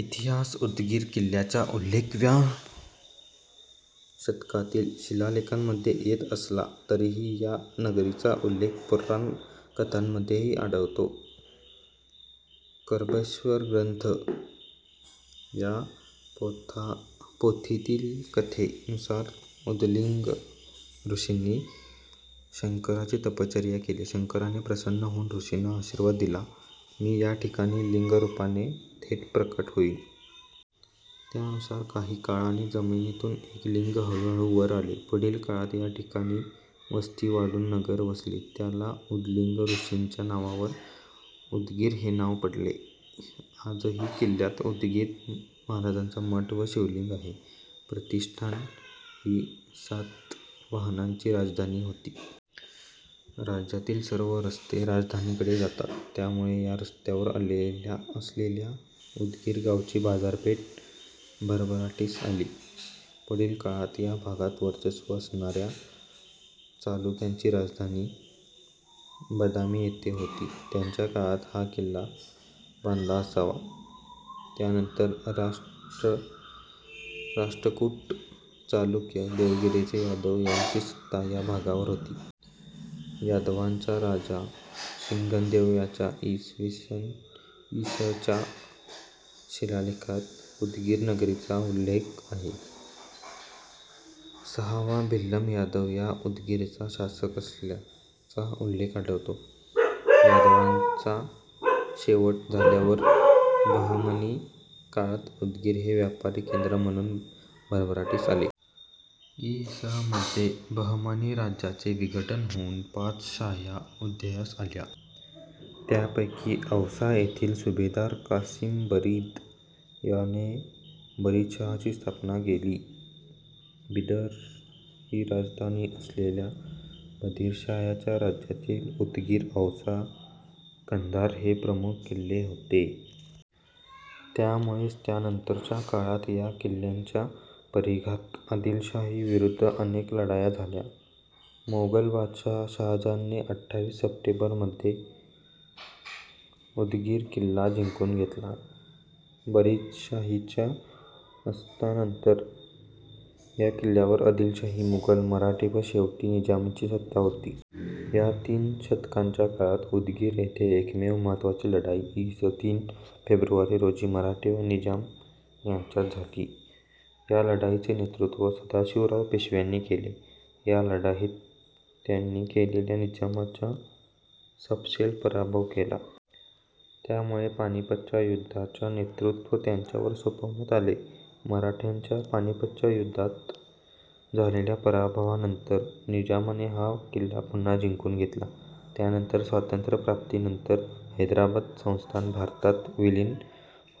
इतिहास उदगिर किल्ल्याचा उल्लेख व्या शतकातील शिलालेखांमध्ये येत असला तरीही या नगरीचा उल्लेख पूराण कथांमध्येही आढळतो. करबसवेश्वर ग्रंथ या पोथीतील कथे नुसार उदलिंग ॠषींनी शंकराची तपश्चर्या केली. शंकराने प्रसन्न होऊन ॠषींनी आशिर्वाद दिला, मी या ठिकाणी लिंग रुपाने येथे प्रगट होईन. त्यानुसार काही काळाने जमिनीतून एक लिंग हळूहळू वर आले. पुढील काळात याठिकाणी वस्ती वाढून नगर वसले त्याला उदलिंग ॠषींच्या नावावरून उदगीर हे नाव पडले. आजही किल्ल्यात उदगिर महाराजांचा मठ व शिवलिंग आहे. प्रतिष्ठाण ही सातवाहनांची राजधानी होती. राज्यातील सर्व रस्ते राजधानीकडे जातात. त्यामुळे या रस्त्यावर असलेल्या उदगीर गावाची बाजारपेठ भरभराटीस आली. पुढील काळात या भागावर वर्चस्व असणार्या चालुक्यांची राजधानी बदामी येथे होती, त्यांच्या काळात हा किल्ला बांधला असावा. त्यानंतर राष्टकुट, चालुक्य, देवगिरीचे यादव यांची सत्ता या भागावर होती. यादवांच्या राजा सिंघनदेव यांच्या इ. स. च्या शिलालेखात उदगीर नगरीचा उल्लेख आहे. सहावा भिल्लम यादव हा उदगीरचा शासक असल्याचा उल्लेख आढळतो. यादवांचा शेवट झाल्यावर बहमनी काळात उदगीर हे व्यापारी केंद्र म्हणून भरभराटीस आले. इ. स. मध्ये बहमनी राज्याचे विघटन होऊन पाच शाह्या उदयास आल्या. त्यापैकी औसा येथील सुभेदार कासीम बरीद याने बरीदशाहीची स्थापना केली. बिदर हि राजधानी असलेल्या बरीदशाहीच्या राज्यातील उदगीर, औसा, कंधार हे प्रमुख किल्ले होते. त्यामुळेच त्यानंतरच्या काळात या किल्ल्यांच्या परीघात आदिलशाही विरुध्द अनेक लढाया झाल्या. मोगल बादशहा शहाजहानने अठ्ठावीस सप्टेंबर मध्ये उदगीर किल्ला जिंकून घेतला. बरीदशाहीच्या अस्तानंतर या किल्ल्यावर आदिलशाही, मुघल, मराठे व शेवटी निजामाची सत्ता होती. या तीन शतकांच्या काळात उदगीर येथे एकमेव महत्वाची लढाई इ. स. तीन फेब्रुवारी रोजी मराठे व निजाम यांच्यात झाली. या लढाईचे नेतृत्व सदाशिवराव पेशव्यांनी केले. या लढाईत त्यांनी केलेल्या निजामाच्या सपशेल पराभव केला. त्यामूळे पानिपतच्या युध्दाच्या नेतृत्व त्यांच्यावर सोपवण्यात आले. मराठ्यांच्या पानिपतच्या युध्दात झालेल्या परभवा नंतर निजामाने हा किल्ला पुन्हा जिंकून घेतला. त्यानंतर स्वातंत्र्य प्राप्ती नंतर हैद्राबाद संस्थान भारतात विलिन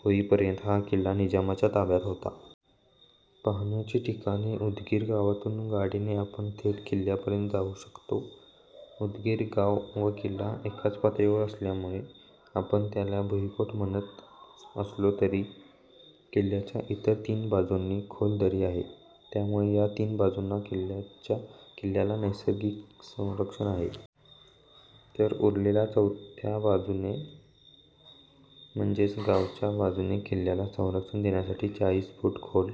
होईपर्यंत हा किल्ला निजामाच्या ताब्यात होता. पहाण्याची ठिकाणे उदगीर गावातून गाडीने आपण थेट किल्ल्यापर्यंत जाऊ शकतो. उदगीर गाव व किल्ला एकाच पातळीवर असल्यामूळे आपण त्याला भूईकोट म्हणत असलो तरी, किल्ल्याच्या इतर तीन बाजूंनी खोल दरी आहे. त्यामूळे या तीन बाजूंनी किल्ल्याला नैसर्गिक संरक्षण आहे. तर उरलेल्या चौथ्या बाजूने म्हणजेच गावाच्या बाजूने किल्ल्याला संरक्षण देण्यासाठी चाळीस फूट खोल